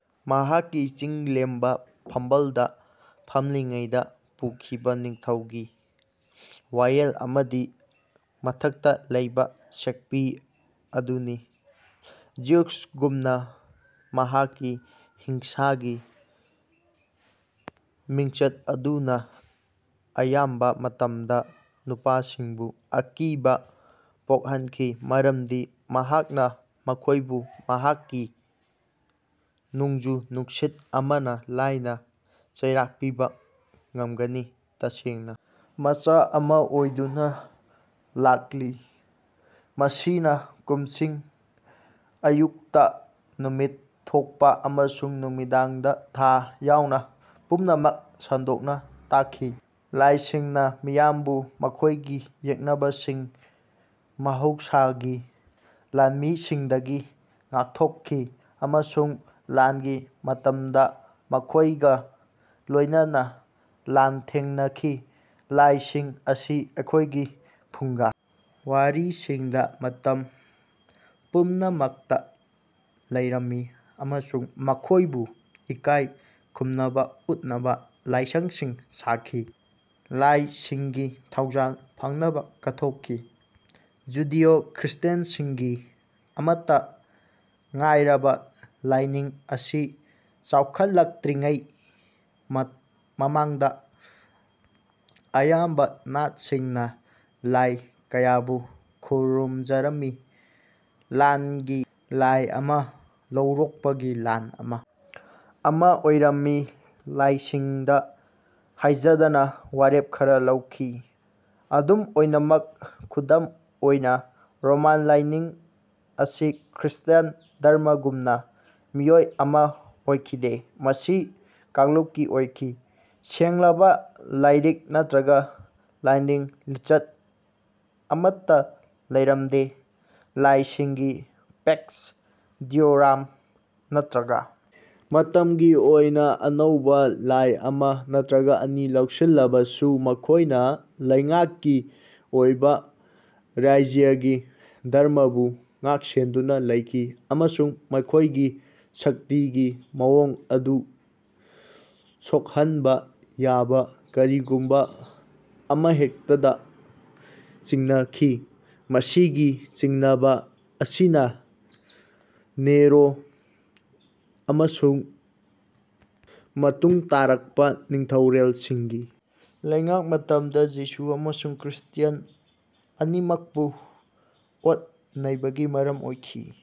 ꯃꯍꯥꯛꯀꯤ ꯆꯤꯡꯂꯦꯝꯂꯕ ꯐꯝꯕꯥꯜꯗ ꯐꯝꯂꯤꯉꯩꯗ ꯄꯨꯈꯤꯕ ꯅꯤꯡꯊꯧꯒꯤ ꯋꯥꯌꯦꯜ ꯑꯃꯒꯤ ꯃꯊꯛꯇ ꯂꯩꯕ ꯁꯦꯛꯄꯤ ꯑꯗꯨꯅꯤ꯫ ꯖ꯭ꯌꯨꯁꯒꯨꯝꯅ, ꯃꯍꯥꯛꯀꯤ ꯍꯤꯡꯁꯥꯒꯤ ꯃꯤꯡꯆꯠ ꯑꯗꯨꯅ ꯑꯌꯥꯝꯕ ꯃꯇꯝꯗ ꯅꯨꯄꯥꯁꯤꯡꯕꯨ ꯑꯀꯤꯕ ꯄꯣꯛꯍꯟꯈꯤ ꯃꯔꯝꯗꯤ ꯃꯍꯥꯛꯅ ꯃꯈꯣꯏꯕꯨ ꯃꯍꯥꯛꯀꯤ ꯅꯣꯡꯖꯨ-ꯅꯨꯡꯁꯤꯠ ꯑꯃꯅ ꯂꯥꯏꯅ ꯆꯩꯔꯥꯛ ꯄꯤꯕ ꯉꯝꯒꯅꯤ꯫ ꯇꯁꯦꯡꯅ, ꯃꯆꯥꯛ ꯑꯃ ꯑꯣꯏꯗꯨꯅ ꯂꯥꯛꯂꯤ꯫ ꯃꯁꯤꯅ ꯀꯨꯝꯁꯤꯡ, ꯑꯌꯨꯛꯇ ꯅꯨꯃꯤꯠ ꯊꯣꯛꯄ ꯑꯃꯁꯨꯡ ꯅꯨꯃꯤꯗꯥꯡꯗ ꯊꯥ ꯌꯥꯎꯅ ꯄꯨꯝꯅꯃꯛ ꯁꯟꯗꯣꯛꯅ ꯇꯥꯛꯈꯤ꯫ ꯂꯥꯏꯁꯤꯡꯅ ꯃꯤꯌꯥꯝꯕꯨ ꯃꯈꯣꯏꯒꯤ ꯌꯦꯛꯅꯕꯁꯤꯡ, ꯃꯍꯧꯁꯥꯒꯤ ꯂꯥꯟꯃꯤꯁꯤꯡꯗꯒꯤ ꯉꯥꯛꯊꯣꯛꯈꯤ ꯑꯃꯁꯨꯡ ꯂꯥꯟꯒꯤ ꯃꯇꯝꯗ ꯃꯈꯣꯏꯒ ꯂꯣꯏꯅꯅ ꯂꯥꯟꯊꯦꯡꯅꯈꯤ꯫ ꯂꯥꯏꯁꯤꯡ ꯑꯁꯤ ꯃꯈꯣꯏꯒꯤ ꯐꯨꯡꯒꯥ ꯋꯥꯔꯤꯁꯤꯡꯗ ꯃꯇꯝ ꯄꯨꯝꯅꯃꯛꯇ ꯂꯩꯔꯝꯃꯤ ꯑꯃꯁꯨꯡ ꯃꯈꯣꯏꯕꯨ ꯏꯀꯥꯏ ꯈꯨꯝꯅꯕ ꯎꯠꯅꯕ ꯂꯥꯏꯁꯪꯁꯤꯡ ꯁꯥꯈꯤ꯫ ꯂꯥꯏꯁꯤꯡꯒꯤ ꯊꯧꯖꯥꯜ ꯐꯪꯅꯕ ꯀꯠꯊꯣꯛꯈꯤ꯫ ꯖꯨꯗꯤꯑꯣ-ꯈ꯭ꯔꯤꯁꯇ꯭ꯌꯥꯟꯁꯤꯡꯒꯤ ꯑꯃꯠꯇ ꯉꯥꯏꯔꯕ ꯂꯥꯏꯅꯤꯡ ꯑꯁꯤ ꯆꯥꯎꯈꯠꯂꯛꯇ꯭ꯔꯤꯉꯩ ꯃꯃꯥꯡꯗ ꯑꯌꯥꯝꯕ ꯅꯥꯠꯁꯤꯡꯅ ꯂꯥꯏ ꯀꯌꯥꯕꯨ ꯈꯨꯔꯨꯝꯖꯔꯝꯃꯤ꯫ ꯂꯥꯟꯒꯤ ꯂꯥꯏ ꯑꯃ, ꯂꯧꯔꯣꯛꯄꯒꯤ ꯂꯥꯏ ꯑꯃ ꯑꯃ ꯑꯣꯏꯔꯝꯃꯤ; ꯂꯥꯏꯁꯤꯡꯗ ꯍꯥꯏꯖꯗꯅ ꯋꯥꯔꯦꯞ ꯈꯔ ꯂꯧꯈꯤ꯫ ꯑꯗꯨꯝ ꯑꯣꯏꯅꯃꯛ, ꯈꯨꯗꯝ ꯑꯣꯏꯅ, ꯔꯣꯃꯥꯟ ꯂꯥꯏꯅꯤꯡ ꯑꯁꯤ ꯈ꯭ꯔꯤꯁꯇ꯭ꯌꯥꯟ ꯙꯔꯃꯥꯒꯨꯝꯅ ꯃꯤꯑꯣꯏ ꯑꯃ ꯑꯣꯏꯈꯤꯗꯦ; ꯃꯁꯤ ꯀꯥꯡꯂꯨꯞꯀꯤ ꯑꯣꯏꯈꯤ꯫ ꯁꯦꯡꯂꯕ ꯂꯥꯏꯔꯤꯛ ꯅꯠꯇ꯭ꯔꯒ ꯂꯥꯏꯅꯤꯡ ꯂꯤꯆꯠ ꯑꯃꯠꯇ ꯂꯩꯔꯝꯗꯦ; ꯂꯥꯏꯁꯤꯡꯒꯤ ꯄꯦꯛꯁ ꯗꯤꯑꯣꯔꯝ ꯅꯠꯇ꯭ꯔꯒ ꯃꯇꯝꯒꯤ ꯑꯣꯏꯅ ꯑꯅꯧꯕ ꯂꯥꯏ ꯑꯃ ꯅꯠꯇ꯭ꯔꯒ ꯑꯅꯤ ꯂꯧꯁꯤꯜꯂꯕꯁꯨ, ꯃꯈꯣꯏꯅ ꯂꯩꯉꯥꯛꯀꯤ ꯑꯣꯏꯕ ꯔꯥꯖ꯭ꯌꯒꯤ ꯙꯔꯃꯥꯕꯨ ꯉꯥꯛꯁꯦꯟꯗꯨꯅ ꯂꯩꯈꯤ ꯑꯃꯁꯨꯡ ꯃꯈꯣꯏꯒꯤ ꯁꯛꯇꯤꯒꯤ ꯃꯑꯣꯡ ꯑꯗꯨ ꯁꯣꯛꯍꯟꯕ ꯌꯥꯕ ꯀꯔꯤꯒꯨꯝꯕ ꯑꯃꯍꯦꯛꯇꯗ ꯆꯤꯡꯅꯈꯤ꯫ ꯃꯁꯤꯒꯤ ꯆꯤꯡꯅꯕ ꯑꯁꯤꯅ ꯅꯤꯔꯣ ꯑꯃꯁꯨꯡ ꯃꯇꯨꯡ ꯇꯥꯔꯛꯄ ꯅꯤꯡꯊꯧꯔꯦꯜꯁꯤꯡꯒꯤ ꯂꯩꯉꯥꯛ ꯃꯇꯝꯗ ꯖꯤꯌꯨ ꯑꯃꯁꯨꯡ ꯈ꯭ꯔꯤꯁꯇ꯭ꯌꯥꯟ ꯑꯅꯤꯃꯛꯄꯨ ꯑꯣꯠ-ꯅꯩꯕꯒꯤ ꯃꯔꯝ ꯑꯣꯏꯈꯤ꯫ ꯫